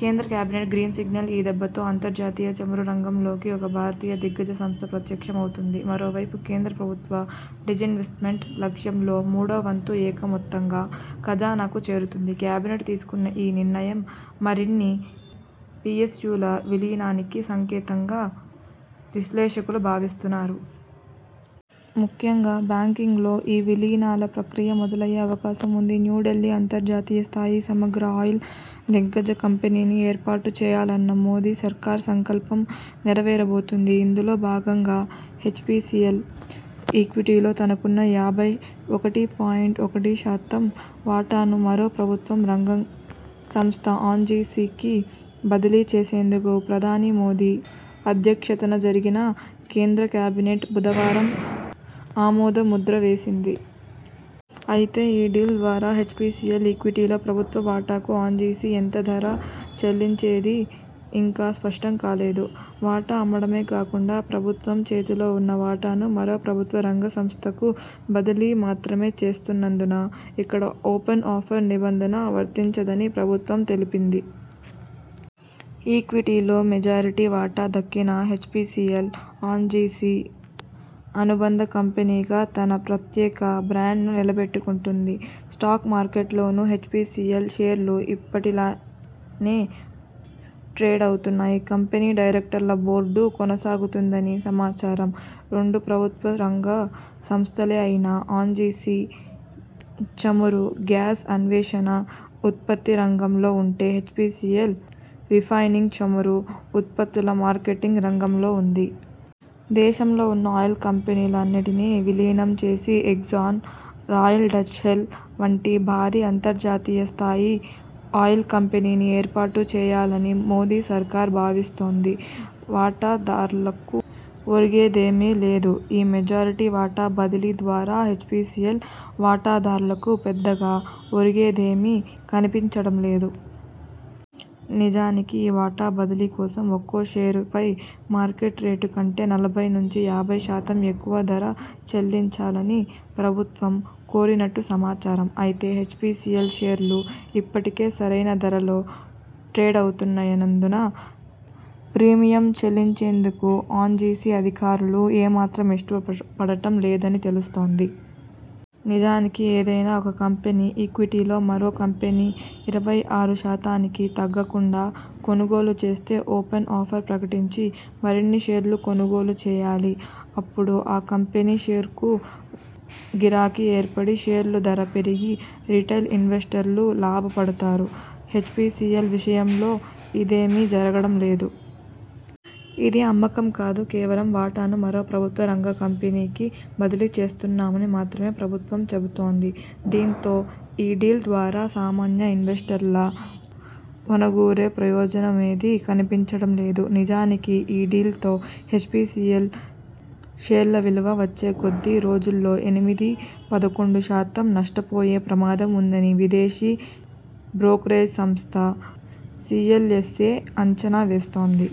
కేంద్ర cabinet green signal ఈ దెబ్బతో అంతర్జాతీయ చమురు రంగంలో ఒక భారతీయ దిగ్గజ సంస్థ ప్రత్యక్ష మవుతుంది. మరోవైపు కేంద్ర ప్రభుత్వ డిజిన్వెస్ట్మెంట్ లక్ష్యంలో మూడో వంతు ఏక మొత్తంగా ఖజానాకు చేరుతుంది. కేబినెట్ తీసుకున్న ఈ నిర్ణయం మరిన్ని పిఎస్యుల విలీనానికి సంకేతంగా విశ్లేషకులు భావిస్తున్నారు. ముఖ్యంగా బ్యాంకింగ్లో ఈ విలీనాల ప్రక్రియ మొదలయ్యే అవకాశం ఉంది. న్యూఢిల్లీ అంతర్జాతీయ స్థాయి సమగ్ర ఆయిల్ దిగ్గజ కంపెనీని ఏర్పాటు చేయాలన్న మోదీ సర్కార్ సంకల్పం నెరవేర బోతోంది. ఇందులో భాగంగా హెచ్పిసిఎల్ ఈక్విటీలో తనకున్న యాభై ఒకటి పాయింట్ ఒకటి శాతం వాటాను మరో ప్రభుత్వ రంగ సంస్థ ఔన్జిసికి బదిలీ చేసేందుకు ప్రధాని మోదీ అధ్యక్షతన జరిగిన కేంద్ర కేబినెట్ బుధవారం ఆమోద ముద్ర వేసింది. అయితే ఈ డీల్ ద్వారా హెచ్పిసిఎల్ ఈక్విటీలో ప్రభుత్వ వాటాకు ఔన్జిసి, ఎంత ధర చెల్లించేది ఇంకా స్పష్టం కాలేదు. వాటా అమ్మడమే కాకుండా ప్రభుత్వం చేతిలో ఉన్న వాటాను మరో ప్రభుత్వ రంగ సంస్థకు బదిలీ మాత్రమే చేస్తున్నందున, ఇక్కడ ఓపెన్ ఆఫర్ నిబంధన వర్తించదని ప్రభుత్వం తెలిపింది. ఈక్విటీలో మెజారిటీ వాటా దక్కినా హెచ్పిసిఎల్, ఔన్జిసి అనుబంధ కంపెనీగా తన ప్రత్యేక బ్రాండ్ను నిలబెట్టుకుంటుంది. స్టాక్ మార్కెట్లోనూ హెచ్పిసిఎల్ షేర్లు ఇప్పటిలానే ట్రేడవుతాయి. కంపెనీ డైరెక్టర్ల బోర్డూ కొనసాగుతుందని సమాచారం. రెండూ ప్రభుత్వ రంగ సంస్థలే అయినా ఔన్జిసి చమురు, గ్యాస్ అన్వేషణ, ఉత్పత్తి రంగంలో ఉంటే, హెచ్పిసిఎల్ రిఫైనింగ్, చమురు ఉత్పత్తుల మార్కెటింగ్ రంగంలో ఉంది. దేశంలో ఉన్న ఆయిల్ కంపెనీలు అన్నిటిని విలీనం చేసి ఎగ్జాన్, రాయల్ డచ్ షెల్ వంటి భారీ అంతర్జాతీయ స్థాయి ఆయిల్ కంపెనీని ఏర్పాటు చేయాలని మోదీ సర్కార్ భావిస్తోంది. వాటా దార్లకు ఒరిగేదీమీ లేదు ఈ మెజారిటీ వాటా బదిలీ ద్వారా హెచ్పిసిఎల్ వాటాదారులకు పెద్దగా ఒరిగేదేమీ కనిపించడం లేదు. నిజానికి ఈ వాటా బదిలీ కోసం, ఒక్కో షేరుపై మార్కెట్ రేటు కంటే నలభై నుంచి యాభై శాతం ఎక్కువ ధర చెల్లించాలని ప్రభుత్వం కోరినట్టు సమాచారం. అయితే హెచ్పిసిఎల్ షేర్లు ఇప్పటికే సరైన ధరలో ట్రేడవుతున్నందున ప్రీమియం చెల్లించేందుకు ఔన్జిసి అధికారులు ఏ మాత్రం ఇష్టపడటం లేదని తెలుస్తోంది. నిజానికి ఏదైనా ఒక కంపెనీ ఈక్విటీలో మరో కంపెనీ ఇరవై ఆరు శాతానికి తగ్గకుండా కొనుగోలు చేస్తే ఓపెన్ ఆఫర్ ప్రకటించి మరిన్ని షేర్లు కొనుగోలు చేయాలి. అపుడు ఆ కంపెనీ షేర్లకు గిరాకీ ఏర్పడి షేర్ల ధర పెరిగి రిటైల్ ఇన్వెస్టర్లూ లాభపడతారు. హెచ్పిసిఎల్ విషయంలో ఇదే మీ జరగడం లేదు. ఇది అమ్మకం కాదు, కేవలం వాటాను మరో ప్రభుత్వ రంగ కంపెనీకి బదిలీ చేస్తున్నామని మాత్రమే ప్రభుత్వ చెబుతోంది. దీంతో ఈ డీల్ ద్వారా సామాన్య ఇన్వెస్టర్ల ఒనగూరే ప్రయోజన మేదీ కనిపించడం లేదు. నిజానికి ఈ డీల్తో హెచ్పిసిఎల్ షేర్ల విలువ వచ్చే కొద్ది రోజుల్లో ఎనిమిది పదకొండు శాతం నష్ట పోయే ప్రమాదం ఉందని విదేశీ బ్రోకరేజ్ సంస్థ సిఎల్ఎస్ ఎ అంచనా వేస్తోంది.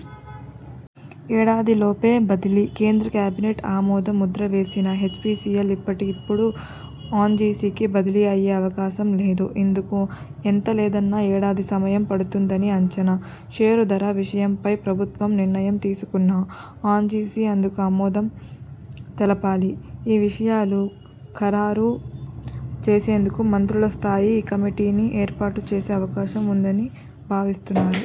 ఏడాది లోపే బదిలీ! కేంద్ర కేబినెట్ ఆమోద ముద్ర వేసినా హెచ్పిసిఎల్ ఇప్పటికిప్పుడు ఔన్జిసికి బదిలీ అయ్యే అవకాశం లేదు. ఇందుకు ఎంత లేదన్నా ఏడాది సమయం పడుతుందని అంచనా. షేరు ధర విషయంపై ప్రభుత్వం నిర్ణయం తీసుకున్నా, ఔన్జిసి అందుకు ఆమోదం తెలపాలి. ఈ విషయాలు ఖరారు చేసేందుకు మంత్రుల స్థాయి కమిటీని ఏర్పాటు చేసే అవకాశం ఉందని భావిస్తున్నారు.